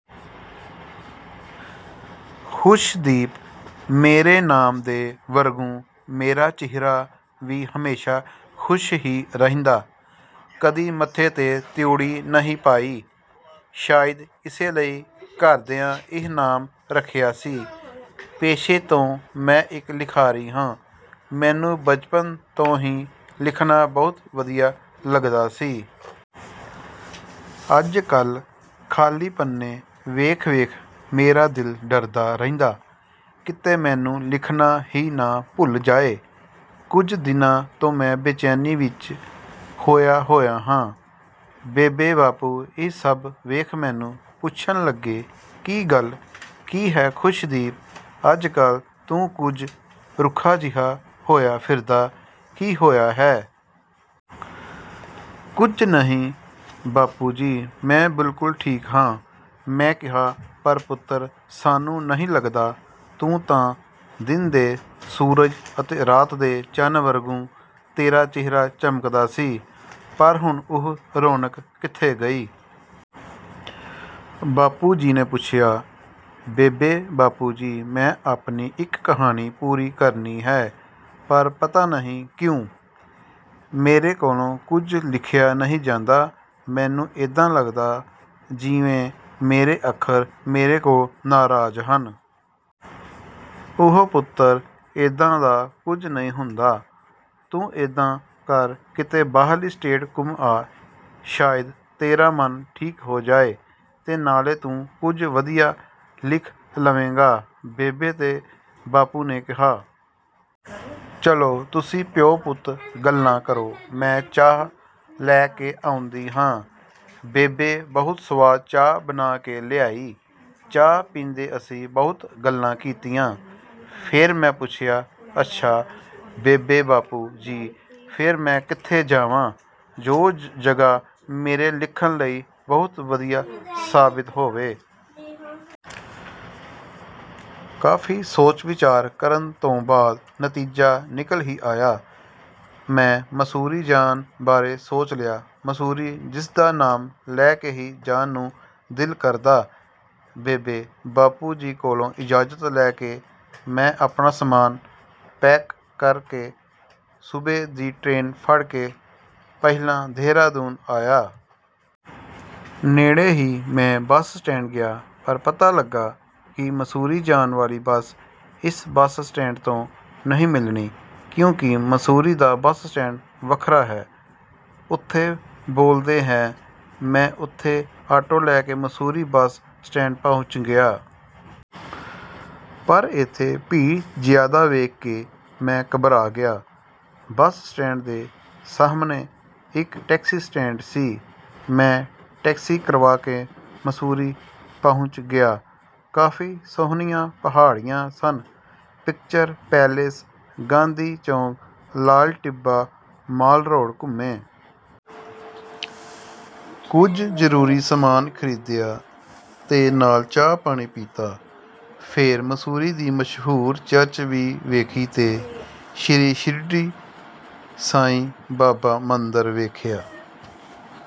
ਖੁਸ਼ਦੀਪ, ਮੇਰੇ ਨਾਮ ਦੇ ਵਰਗੂੰ ਮੇਰਾ ਚਿਹਰਾ ਵੀ ਹਮੇਸ਼ਾ ਖੁਸ਼ ਹੀ ਰਹਿੰਦਾ, ਕਦੀ ਮੱਥੇ ਤੇ ਤਿਉੜੀ ਨਹੀਂ ਪਾਈ। ਸ਼ਾਇਦ ਇਸੇ ਲਈ ਘਰਦਿਆਂ ਇਹ ਨਾਮ ਰੱਖਿਆ ਸੀ। ਪੇਸ਼ੇ ਤੋਂ ਮੈਂ ਇੱਕ ਲਿਖਾਰੀ ਹਾਂ, ਮੈਨੂੰ ਬਚਪਨ ਤੋਂ ਹੀ ਲਿਖਣਾ ਬਹੁਤ ਵਧੀਆ ਲੱਗਦਾ ਸੀ। ਅੱਜ-ਕੱਲ੍ਹ ਖਾਲੀ ਪੰਨੇ ਵੇਖ-ਵੇਖ ਮੇਰਾ ਦਿਲ ਡਰਦਾ ਰਹਿੰਦਾ, ਕਿਤੇ ਮੈਂਨੂੰ ਲਿਖਣਾ ਹੀ ਨਾ ਭੁੱਲ ਜਾਏ। ਕੁਝ ਦਿਨਾਂ ਤੋਂ ਮੈਂ ਬੇਚੈਨੀ ਵਿੱਚ ਖੋਇਆ ਹੋਇਆ ਹਾਂ। ਬੇਬੇ-ਬਾਪੂ ਇਹ ਸਭ ਵੇਖ ਮੈਨੂੰ ਪੁੱਛਣ ਲੱਗੇ ਕਿ ਗੱਲ ਕੀ ਹੈ ਖੁਸ਼ਦੀਪ, ਅੱਜ-ਕੱਲ੍ਹ ਤੂੰ ਕੁਝ ਰੁੱਖਾ ਜਿਹਾ ਹੋਇਆ ਫਿਰਦਾ, ਕੀ ਹੋਇਆ ਹੈ? ਕੁਝ ਨਹੀਂ ਬਾਪੂ ਜੀ, ਮੈਂ ਬਿਲਕੁਲ ਠੀਕ ਹਾਂ, ਮੈਂ ਕਿਹਾ। ਪਰ ਪੁੱਤਰ, ਸਾਨੂੰ ਨਹੀਂ ਲੱਗਦਾ। ਤੂੰ ਤਾਂ ਦਿਨ ਦੇ ਸੂਰਜ ਅਤੇ ਰਾਤ ਦੇ ਚੰਨ ਵਰਗੂੰ, ਤੇਰਾ ਚਿਹਰਾ ਚਮਕਦਾ ਸੀ, ਪਰ ਹੁਣ ਉਹ ਰੌਣਕ ਕਿੱਥੇ ਗਈ? ਬਾਪੂ ਜੀ ਨੇ ਪੁੱਛਿਆ। ਬੇਬੇ-ਬਾਪੂ ਜੀ, ਮੈਂ ਆਪਣੀ ਇੱਕ ਕਹਾਣੀ ਪੂਰੀ ਕਰਨੀ ਹੈ, ਪਰ ਪਤਾ ਨਹੀਂ ਕਿਉਂ? ਮੇਰੇ ਕੋਲੋਂ ਕੁਝ ਲਿਖਿਆ ਨਹੀਂ ਜਾਂਦਾ। ਮੈਨੂੰ ਏਦਾਂ ਲੱਗਦਾ, ਜਿਵੇਂ ਮੇਰੇ ਅੱਖਰ ਮੇਰੇ ਕੋਲੋਂ ਨਾਰਾਜ਼ ਹਨ। ਓਹੋ ਪੁੱਤਰ, ਏਦਾਂ ਦਾ ਕੁਝ ਨਹੀਂ ਹੁੰਦਾ। ਤੂੰ ਏਦਾਂ ਕਰ, ਕਿਤੇ ਬਾਹਰਲੀ ਸਟੇਟ ਘੁੰਮ ਆ। ਸ਼ਾਇਦ ਤੇਰਾ ਮਨ ਠੀਕ ਹੋ ਜਾਏ ਤੇ ਨਾਲੇ ਤੂੰ ਕੁਝ ਵਧੀਆ ਲਿਖ ਲਵੇਂਗਾ, ਬੇਬੇ ਤੇ ਬਾਪੂ ਨੇ ਕਿਹਾ। ਚੱਲੋ, ਤੁਸੀਂ ਪਿਓ-ਪੁੱਤ ਗੱਲਾਂ ਕਰੋ, ਮੈਂ ਚਾਹ ਲੈ ਕੇ ਆਉਂਦੀ ਹਾਂ। ਬੇਬੇ ਬਹੁਤ ਸਵਾਦ ਚਾਹ ਬਣਾ ਕੇ ਲਿਆਈ। ਚਾਹ ਪੀਂਦੇ ਅਸੀਂ ਬਹੁਤ ਗੱਲਾਂ ਕੀਤੀਆਂ। ਫੇਰ ਮੈਂ ਪੁੱਛਿਆ, ਅੱਛਾ ਬੇਬੇ-ਬਾਪੂ ਜੀ, ਫੇਰ ਮੈਂ ਕਿੱਥੇ ਜਾਵਾਂ, ਜੋ ਜਗ੍ਹਾ ਮੇਰੇ ਲਿਖਣ ਲਈ ਬਹੁਤ ਵਧੀਆ ਸਾਬਿਤ ਹੋਵੇ? ਕਾਫੀ ਸੋਚ-ਵਿਚਾਰ ਕਰਨ ਤੋਂ ਬਾਅਦ ਨਤੀਜਾ ਨਿਕਲ ਹੀ ਆਇਆ। ਮੈਂ ਮਸੂਰੀ ਜਾਣ ਬਾਰੇ ਸੋਚ ਲਿਆ। ਮਸੂਰੀ, ਜਿਸਦਾ ਨਾਮ ਲੈ ਕੇ ਹੀ ਜਾਣ ਨੂੰ ਦਿਲ ਕਰਦਾ। ਬੇਬੇ-ਬਾਪੂ ਜੀ ਕੋਲੋਂ ਇਜਾਜ਼ਤ ਲੈ ਕੇ, ਮੈਂ ਆਪਣਾ ਸਮਾਨ ਪੈਕ ਕਰਕੇ ਸੂਬੇ ਦੀ ਟ੍ਰੇਨ ਫੜ ਕੇ ਪਹਿਲਾਂ ਦੇਹਰਾਦੂਨ ਆਇਆ। ਨੇੜੇ ਹੀ ਮੈਂ ਬੱਸ ਸਟੈਂਡ ਗਿਆ, ਪਰ ਪਤਾ ਲੱਗਾ ਕਿ ਮਸੂਰੀ ਜਾਣ ਵਾਲੀ ਬੱਸ ਇਸ ਬੱਸ ਸਟੈਂਡ ਤੋਂ ਨਹੀਂ ਮਿਲਣੀ, ਕਿਉਂਕਿ ਮਸੂਰੀ ਦਾ ਬੱਸ ਸਟੈਂਡ ਵੱਖਰਾ ਹੈ। ਓਥੇ ਬੋਲਦੇ ਹੈ। ਮੈਂ ਓਥੋਂ ਆਟੋ ਲੈ ਕੇ ਮਸੂਰੀ ਬੱਸ ਸਟੈਂਡ ਪਹੁੰਚ ਗਿਆ। ਪਰ ਏਥੇ ਭੀੜ ਜ਼ਿਆਦਾ ਵੇਖ ਕੇ ਮੈਂ ਘਬਰਾ ਗਿਆ। ਬੱਸ ਸਟੈਂਡ ਦੇ ਸਾਹਮਣੇ ਇੱਕ ਟੈਕਸੀ ਸਟੈਂਡ ਸੀ। ਮੈਂ ਟੈਕਸੀ ਕਰਵਾ ਕੇ ਮਸੂਰੀ ਪਹੁੰਚ ਗਿਆ। ਕਾਫੀ ਸੋਹਣੀਆਂ ਪਹਾੜੀਆਂ ਸਨ। ਪਿਕਚਰ ਪੈਲੇਸ, ਗਾਂਧੀ ਚੌਂਕ, ਲਾਲ ਟਿੱਬਾ, ਮਾਲ ਰੋਡ ਘੁੰਮੇ। ਕੁਝ ਜ਼ਰੂਰੀ ਸਮਾਨ ਖਰੀਦਿਆ ਤੇ ਨਾਲ ਚਾਹ-ਪਾਣੀ ਪੀਤਾ। ਫੇਰ ਮਸੂਰੀ ਦੀ ਮਸ਼ਹੂਰ ਚਰਚ ਵੀ ਵੇਖੀ ਤੇ ਸ਼੍ਰੀ ਸ਼ਿਰਡੀ ਸਾਈਂ ਬਾਬਾ ਮੰਦਰ ਵੇਖਿਆ।